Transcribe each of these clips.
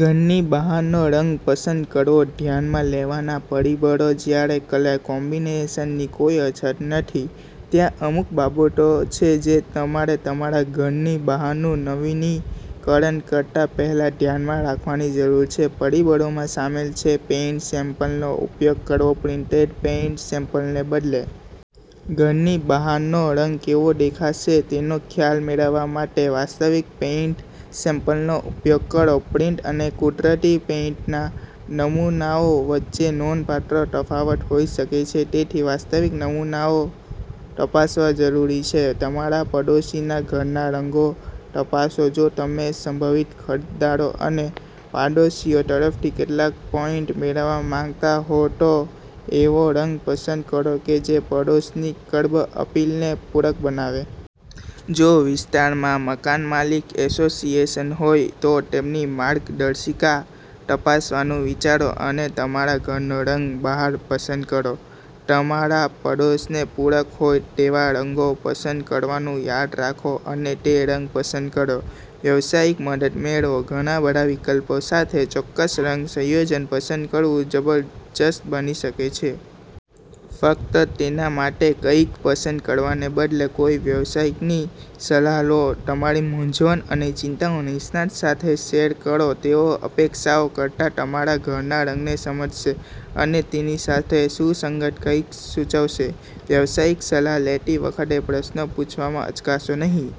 ઘરની બહારનો રંગ પસંદ કરવો ધ્યાનમાં લેવાના પરિબળો જ્યારે કલર કોમ્બિનેશનની કોઈ અછત નથી, ત્યાં અમુક બાબતો છે જે તમારે તમારા ઘરની બહારનું નવીનીકરણ કરતા પહેલા ધ્યાનમાં રાખવાની જરૂર છે. પરિબળોમાં શામેલ છે પેઇન્ટ સેમ્પલનો ઉપયોગ કરવો પ્રિન્ટેડ પેઇન્ટ સેમ્પલને બદલે. ઘરની બહારનો રંગ કેવો દેખાશે તેનો ખ્યાલ મેળવવા માટે વાસ્તવિક પેઇન્ટ સેમ્પલનો ઉપયોગ કરો. પ્રિન્ટ અને કુદરતી પેઇન્ટના નમૂનાઓ વચ્ચે નોંધપાત્ર તફાવત હોઈ શકે છે, તેથી વાસ્તવિક નમૂનાઓ તપાસવા જરૂરી છે. તમારા પડોશીના ઘરના રંગો તપાસો જો તમે સંભવિત ખરીદદારો અને પડોશીઓ તરફથી કેટલાક પોઈન્ટ મેળવવા માંગતા હો, તો એવો રંગ પસંદ કરો કે જે પડોશની કર્બ અપીલને પૂરક બનાવે. જો વિસ્તારમાં મકાનમાલિક એસોસિએશન હોય, તો તેમની માર્ગદર્શિકા તપાસવાનું વિચારો અને તમારા ઘરનો રંગ બહાર પસંદ કરો. તમારા પડોશને પૂરક હોય તેવા રંગો પસંદ કરવાનું યાદ રાખો અને તે રંગ પસંદ કરો. વ્યવસાયિક મદદ મેળવો ઘણા બધા વિકલ્પો સાથે, ચોક્કસ રંગ સંયોજન પસંદ કરવું જબરજસ્ત બની શકે છે. ફક્ત તેના માટે કંઈક પસંદ કરવાને બદલે કોઈ વ્યાવસાયિકની સલાહ લો. તમારી મૂંઝવણ અને ચિંતાઓ નિષ્ણાત સાથે શેર કરો. તેઓ અપેક્ષાઓ કરતાં તમારા ઘરના રંગને સમજશે અને તેની સાથે સુસંગત કંઈક સૂચવશે. વ્યવસાયિક સલાહ લેતી વખતે, પ્રશ્નો પૂછવામાં અચકાશો નહીં.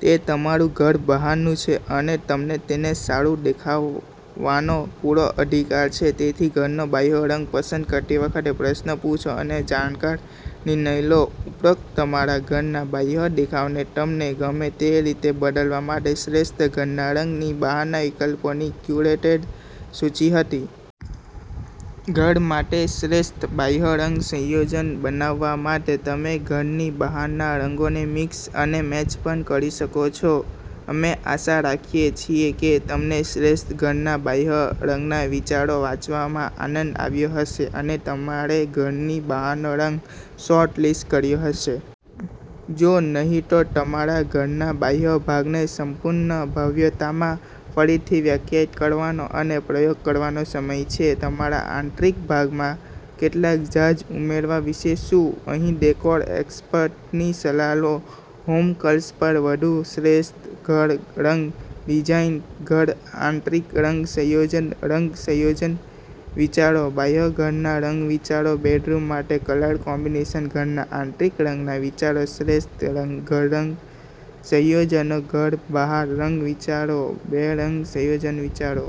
તે તમારું ઘર બહારનું છે અને તમને તેને સારું દેખાવાનો પૂરો અધિકાર છે. તેથી, ઘરનો બાહ્ય રંગ પસંદ કરતી વખતે પ્રશ્નો પૂછો અને જાણકાર નિર્ણય લો. ઉપરોક્ત તમારા ઘરના બાહ્ય દેખાવને તમને ગમે તે રીતે બદલવા માટે શ્રેષ્ઠ ઘરના રંગની બહારના વિકલ્પોની ક્યુરેટેડ સૂચિ હતી. ઘર માટે શ્રેષ્ઠ બાહ્ય રંગ સંયોજન બનાવવા માટે તમે ઘરની બહારના રંગોને મિક્સ અને મેચ પણ કરી શકો છો. અમે આશા રાખીએ છીએ કે તમને શ્રેષ્ઠ ઘરના બાહ્ય રંગના વિચારો વાંચવામાં આનંદ આવ્યો હશે અને તમારે ઘરની બહારનો રંગ શોર્ટલિસ્ટ કર્યો હશે. જો નહિં, તો તમારા ઘરના બાહ્ય ભાગને સંપૂર્ણ ભવ્યતામાં ફરીથી વ્યાખ્યાયિત કરવાનો અને પ્રયોગ કરવાનો સમય છે. તમારા આંતરિક ભાગમાં કેટલાક જાઝ ઉમેરવા વિશે શું? અહીં ડેકોર એક્સપર્ટની સલાહ લો. હોમ કલર્સ પર વધુ શ્રેષ્ઠ ઘર રંગ ડિઝાઇન ઘર આંતરિક રંગ સંયોજન રંગ સંયોજન વિચારો, બાહ્ય ઘરના રંગ વિચારો, બેડરૂમ માટે કલર કોમ્બિનેશન ઘરના આંતરિક રંગના વિચારો, શ્રેષ્ઠ ઘર રંગ સંયોજનો ઘર બહાર રંગ વિચારો, બે રંગ સંયોજન વિચારો.